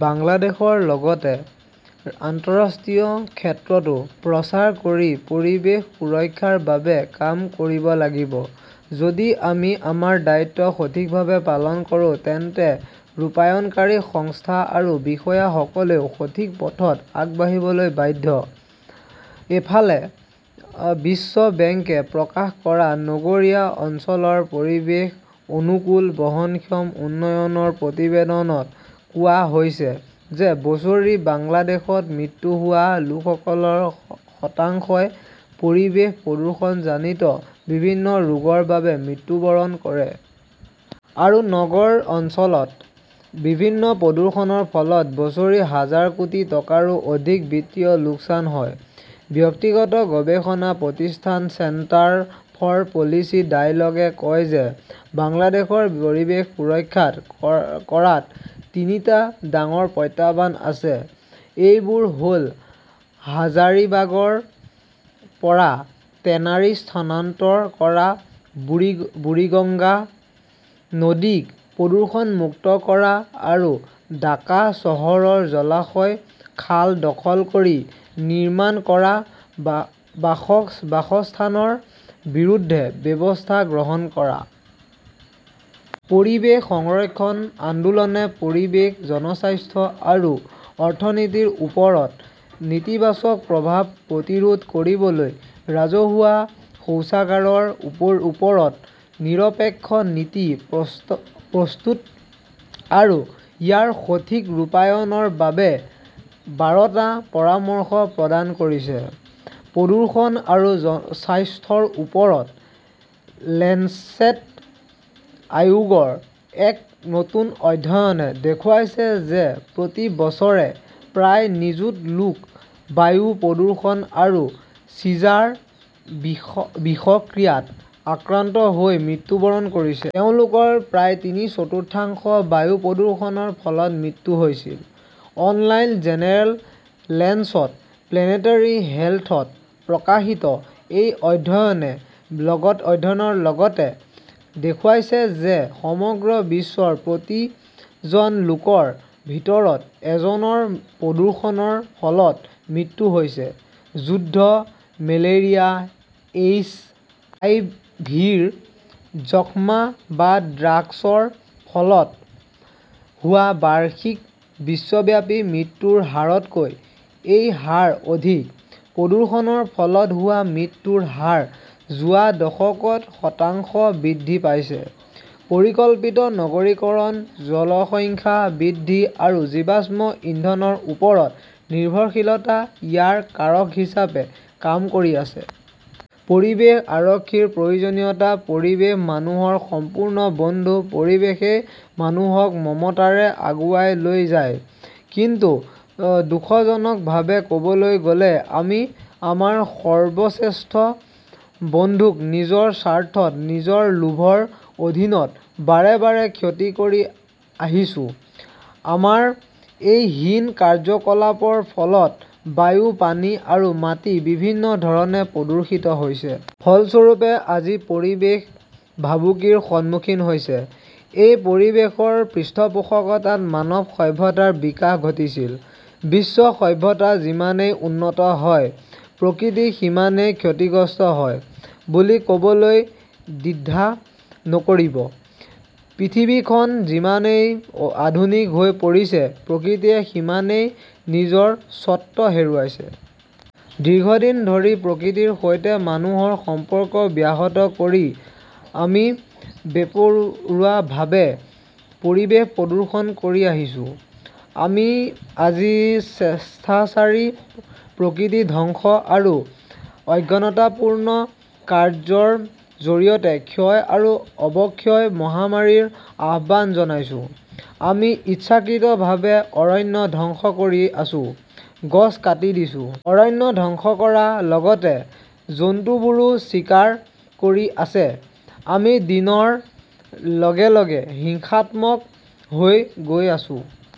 বাংলাদেশৰ লগতে আন্তঃৰাষ্ট্ৰীয় ক্ষেত্ৰতো প্ৰচাৰ কৰি পৰিৱেশ সুৰক্ষাৰ বাবে কাম কৰিব লাগিব। যদি আমি আমাৰ দায়িত্ব সঠিকভাৱে পালন কৰোঁ তেন্তে ৰূপায়ণকাৰী সংস্থা আৰু বিষয়াসকলেও সঠিক পথত আগবাঢ়িবলৈ বাধ্য। ইফালে, বিশ্ব বেংকে প্ৰকাশ কৰা নগৰীয়া অঞ্চলৰ পৰিৱেশ অনুকূল বহনক্ষম উন্নয়নৰ প্ৰতিবেদনত কোৱা হৈছে যে বছৰি বাংলাদেশত মৃত্যু হোৱা লোকসকলৰ শতাংশই পৰিৱেশ প্ৰদূষণজানিত বিভিন্ন ৰোগৰ বাবে মৃত্যুবৰণ কৰে। আৰু নগৰ অঞ্চলত বিভিন্ন প্ৰদূষণৰ ফলত বছৰি হাজাৰ কোটি টকাৰো অধিক বিত্তীয় লোকচান হয়। ব্যক্তিগত গৱেষণা প্ৰতিষ্ঠান চেণ্টাৰ ফৰ পলিচি ডায়ালগ -এ কয় যে, বাংলাদেশৰ পৰিৱেশ সুৰক্ষাত কৰাত তিনিটা ডাঙৰ প্ৰত্যাহ্বান আছে। এইবোৰ হ'ল হাজাৰিবাগৰ পৰা টেনাৰী স্থানান্তৰ কৰা, বুলি বুৰিগঙ্গা নদীক প্ৰদূষণমুক্ত কৰা আৰু ঢাকা চহৰৰ জলাশয়, খাল দখল কৰি নিৰ্মাণ কৰা বা বাসস্থানৰ বিৰুদ্ধে ব্যৱস্থা গ্ৰহণ কৰা। পৰিৱেশ সংৰক্ষণ আন্দোলনে পৰিৱেশ, জনস্বাস্থ্য আৰু অৰ্থনীতিৰ ওপৰত নেতিবাচক প্ৰভাৱ প্ৰতিৰোধ কৰিবলৈ ৰাজহুৱা শৌচাগাৰৰ ওপৰ ওপৰত নিৰপেক্ষ নীতি প্ৰস্তুত আৰু ইয়াৰ সঠিক ৰূপায়ণৰ বাবে বাৰটা পৰামৰ্শ প্ৰদান কৰিছে। প্ৰদূষণ আৰু স্বাস্থ্যৰ ওপৰত লেঞ্চেট আয়োগৰ এক নতুন অধ্যয়নে দেখুৱাইছে যে, প্ৰতি বছৰে প্ৰায় নিযুত লোক বায়ু প্ৰদূষণ আৰু চিজাৰ বিষ বিষক্ৰিয়াত আক্ৰান্ত হৈ মৃত্যুবৰণ কৰিছে। তেওঁলোকৰ প্ৰায় তিনি-চতুৰ্থাংশ বায়ু প্ৰদূষণৰ ফলত মৃত্যু হৈছিল। অনলাইন জেনাৰেল লেঞ্চেট প্লেনেটাৰী হেল্থত প্ৰকাশিত এই অধ্যয়নে লগত অধ্যয়যনৰ লগতে দেখুৱাইছে যে সমগ্ৰ বিশ্বৰ প্ৰতি জন লোকৰ ভিতৰত এজনৰ প্ৰদূষণৰ ফলত মৃত্যু হৈছে। যুদ্ধ, মেলেৰিয়া, এইচ. আই. ভি., যক্ষ্মা বা ড্ৰাগছৰ ফলত হোৱা বাৰ্ষিক বিশ্বব্যাপী মৃত্যুৰ হাৰতকৈ এই হাৰ অধিক। প্ৰদূষণৰ ফলত হোৱা মৃত্যুৰ হাৰ যোৱা দশকত শতাংশ বৃদ্ধি পাইছে। পৰিকল্পিত নগৰীকৰণ, জনসংখ্যা বৃদ্ধি আৰু জীৱাশ্ম ইন্ধনৰ ওপৰত নিৰ্ভৰশীলতা ইয়াৰ কাৰক হিচাপে কাম কৰি আছে। পৰিৱেশ আৰক্ষীৰ প্ৰয়োজনীয়তা পৰিৱেশ মানুহৰ সম্পূৰ্ণ বন্ধু। পৰিৱেশই মানুহক মমতাৰে আগুৱাই লৈ যায়। কিন্তু দুখজনকভাৱে কবলৈ গ'লে, আমি আমাৰ সৰ্বশ্ৰেষ্ঠ বন্ধুক নিজৰ স্বাৰ্থত, নিজৰ লোভৰ অধীনত বাৰে বাৰে ক্ষতি কৰি আহিছো। আমাৰ এই হীন কাৰ্যকলাপৰ ফলত বায়ু, পানী আৰু মাটি বিভিন্ন ধৰণে প্ৰদূষিত হৈছে। ফলস্বৰূপে, আজি পৰিৱেশ ভাবুকিৰ সন্মুখীন হৈছে। এই পৰিৱেশৰ পৃষ্ঠপোষকতাত মানৱ সভ্যতাৰ বিকাশ ঘটিছিল। বিশ্ব সভ্যতা যিমানেই উন্নত হয়, প্ৰকৃতি সিমানেই ক্ষতিগ্ৰস্ত হয় বুলি ক বলৈ দ্বিধা নকৰিব। পৃথিৱীখন যিমানেই আধুনিক হৈ পৰিছে, প্ৰকৃতিয়ে সিমানেই নিজৰ স্বত্ব হেৰুৱাইছে। দীৰ্ঘদিন ধৰি প্ৰকৃতিৰ সৈতে মানুহৰ সম্পৰ্ক ব্যাহত কৰি আমি বেপৰোৱাভাৱে পৰিৱেশ প্ৰদূষণ কৰি আহিছো, আমি আজি স্বেচ্ছাচাৰী প্ৰকৃতি ধ্বংস আৰু অজ্ঞানতাপূৰ্ণ কাৰ্য্যৰ জৰিয়তে ক্ষয় আৰু অৱক্ষয়ৰ মহামাৰীৰ আহ্বান জনাইছো। আমি ইচ্ছাকৃতভাৱে অৰণ্য ধ্বংস কৰি আছো, গছ কাটি দিছো। অৰণ্য ধ্বংস কৰা। লগতে জন্তুবোৰো চিকাৰ কৰি আছে। আমি দিনৰ লগে লগে হিংসাত্মক হৈ গৈ আছো।